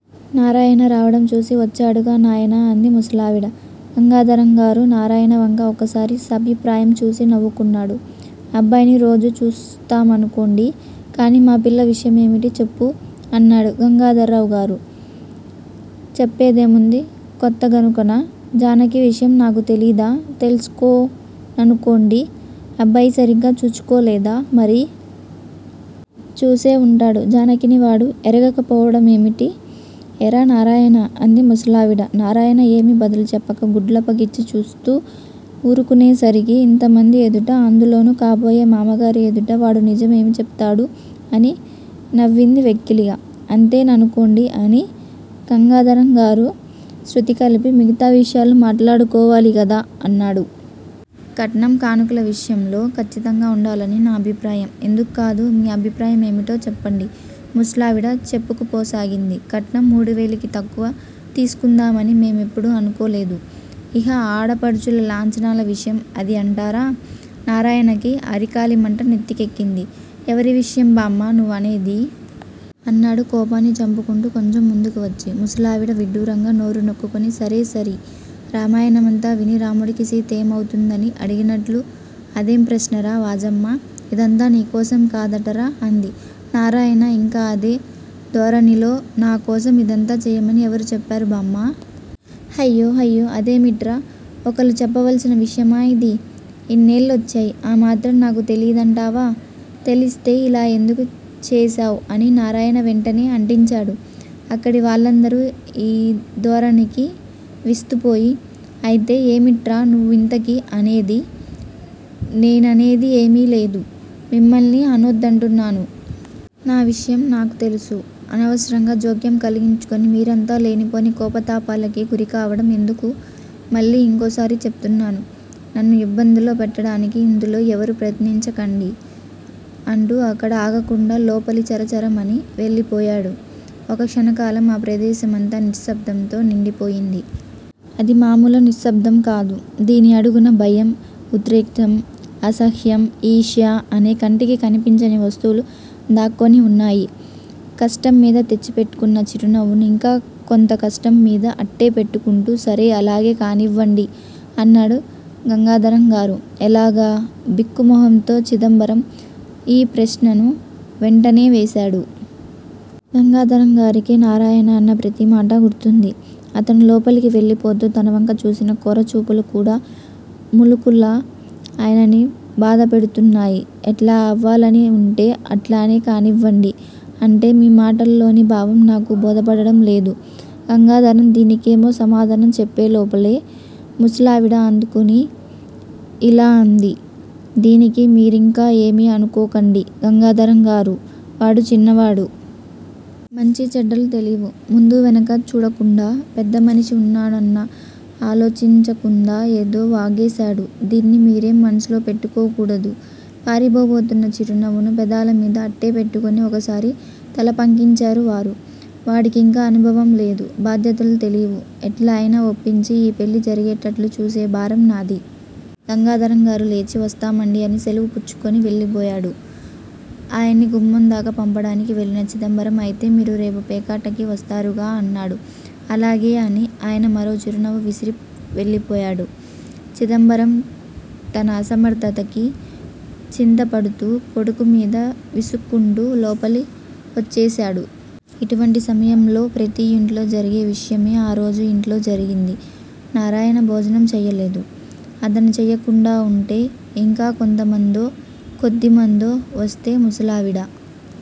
నారాయణ రావటంచూసి వచ్చాడుగా నాయనా అంది ముసలావిడ. గంగాధరంగారు నారాయణ వంక ఒకసారి సాభిప్రాయం చూసి నవ్వుకున్నాడు. అబ్బాయిని రోజూ చూస్తాం మనుకోండి. కానీ మా పిల్ల విషయమేమిటి చెప్పు? అన్నాడు గంగాధరంగారు. చెప్పేదేముంది, కొత్తగనుకనా? జానకి విషయం నాకు తెలీదా తెలుసుకొ అనుకోండి. అబ్బాయి సరిగ్గా చూచుకోలేదా మరి? చూసేవుంటాడు, జానకిని వాడు ఎరగకపోవటమేమిటి? ఏరా నారాయణా? అంది ముసలావిడ. నారాయణ ఏమీ బదులు చెప్పక గుడ్లప్పగించి చూస్తూ వూరుకునే సరికి ఇంతమంది ఎదుట అందులోనూ కాబోయే మామగారి ఎదుట వాడు నిజం ఏమి చెబుతాడు? అని నవ్వింది వెకిలిగా. అంతే ననుకోండి అని గంగాధరంగారు శ్రుతికలిపి మిగతా విషయాలు మాట్లాడుకోవాలిగదా అన్నాడు. కట్నం కానుకల విషయంలో ఖచ్చితంగా వుండాలని నా అభిప్రాయం. ఎందుకు కాదూ! మీ అభిప్రాయం ఏమిటో చెప్పండి? ముసలావిడ చెప్పుకుపోసాగింది కట్నం మూడువేలకి తక్కువ తీసుకుందామని మేమెప్పుడూ అనుకోలేదు. ఇహ ఆడపడుచుల లాంఛనాల విషయం అదీ అంటారా? నారాయణకి అరికాలిమంట నెత్తికెక్కింది, ఎవరి విషయం బామ్మా నువ్వు అనేది? అన్నాడు కోపాన్ని చంపుకొంటూ కొంచెం ముందుకువచ్చి. ముసలావిడ విడ్డూరంగా నోరు నొక్కుకుని సరేసరి, రామాయణమంతా విని రాముడికి సీత ఏమవుతుందని అడిగినట్లు అదేం ప్రశ్నరా వాజమ్మా! ఇదంతా నీకోసం కదాట్రా? అంది. నారాయణ ఇంకా అదే ధోరణిలో నాకోసం ఇదంతా చేయమని ఎవరు చెప్పారు బామ్మా? హయ్యొ, హయ్యొ! అదేమిట్రా! ఒకళ్ళు చెప్పవలసిన విషయమా ఇది! ఇన్నేళ్ళొచ్చాయి, ఆ మాత్రం నాకు తెలియదంటావా? తెలిస్తే ఇలా ఎందుకు చేశావు అని నారాయణ వెంటనే అంటించాడు. అక్కడి వాళ్ళందరూ ఈ ధోరణికి విస్తుపోయి, అయితే ఏమిట్రా నువ్వింతకీ అనేది? నేననేది ఏమీ లేదు. మిమ్మల్నే అనొద్దంటున్నాను. నా విషయం నాకు తెలుసు. అనవసరంగా జోక్యం కలిగించుకొని మీరంతా లేనిపోని కోపతాపాలకి గురికావటం ఎందుకు? మళ్ళీ ఇంకోసారి చెబుతున్నాను. నన్ను యిబ్బందిలో పెట్టటానికి యిందులో ఎవరూ ప్రయత్నించకండి అంటూ అక్కడ ఆగకుండా లోపలి చర చరమని వెళ్ళిపోయాడు. ఒక క్షణకాలం ఆ ప్రదేశమంతా నిశ్శబ్దంతో నిండిపోయింది. అదీ మామూలు నిశ్శబ్దం కాదు. దీని అడుగున భయం, ఉద్రేకం, అసహ్యం, యీర్ష్య అనే కంటికి కనిపించని వస్తువులు దాక్కుని వున్నాయి. కష్టంమీద తెచ్చిపెట్టుకున్న చిరునవ్వును ఇంకా కొంత కష్టంమీదు అట్టే పెట్టుకుంటూ సరే అలాగే కానీవ్వండి అన్నాడు గంగాధరంగారు. ఎలాగ? బిక్క మొహంతో చిదంబరం యీ ప్రశ్నను వెంటనే వేశాడు. గంగాధరంగారికి నారాయణ అన్న ప్రతిమాటా గుర్తువుంది. అతను లోపలకు వెళ్ళిపోతూ తనవంక చూసిన కోరచూపులు కూడా ములుకుల్లా ఆయన్ని బాధపెడుతున్నాయి. ఎట్లా అవ్వాలని వుంటే అట్లానే కానివ్వండి. అంటే మీ మాటల్లోని భావం నాకు బోధపడటం లేదు. గంగాధరం దీనికేమో సమాధానం చెప్పేలోపలే ముసలావిడ అందుకుని యిలా అంది: దీనికి మీరింకా ఏమీ అనుకోకండి గంగాధరంగారు, వాడు చిన్నవాడు. మంచి చెడ్డలు తెలీవు. ముందూ వెనకా చూడకుండా పెద్దమనిషి వున్నాడనన్నా ఆలోచించకుందా ఏదో వాగేశాడు. దీన్ని మీరేం మనసులో పెట్టుకోకూడదు. పారిపోబోతున్న చిరునవ్వును పెదాలమీద అట్టేపెట్టుకుని ఒకసారి తలపంకించారు వారు. వాడికింకా అనుభవంలేదు. బాధ్యతలు తెలీవు. ఎట్లా అయినా ఒప్పించి, ఈ పెళ్ళి జరిగేటట్లు చూసే భారం నాది. గంగాధరంగారు లేచి వస్తామండి అని శెలవు పుచ్చుకొని వెళ్ళపోయాడు. ఆయన్ని గుమ్మందాకా పంపటానికి వెళ్ళిన చిదంబరం అయితే మీరు రేపు పేకాటకి వస్తారుగా అన్నాడు. అలాగే అని ఆయన మరో చిరునవ్వు విసిరి వెళ్ళిపోయాడు. చిదంబరం తన అసమర్ధతకి చింతపడుతూ, కొడుకుమీద విసుక్కుంటూ లోపలి వచ్చేశాడు. ఇటువంటి సమయాల్లో ప్రతి యింట్లో జరిగే విషయమే ఆరోజు ఇంట్లో జరిగింది. నారాయణ భోజనం చేయలేదు. అతను చేయకుండా వుంటే ఇంకా కొంతమందో, కొద్దిమందో వస్తే ముసలావిడ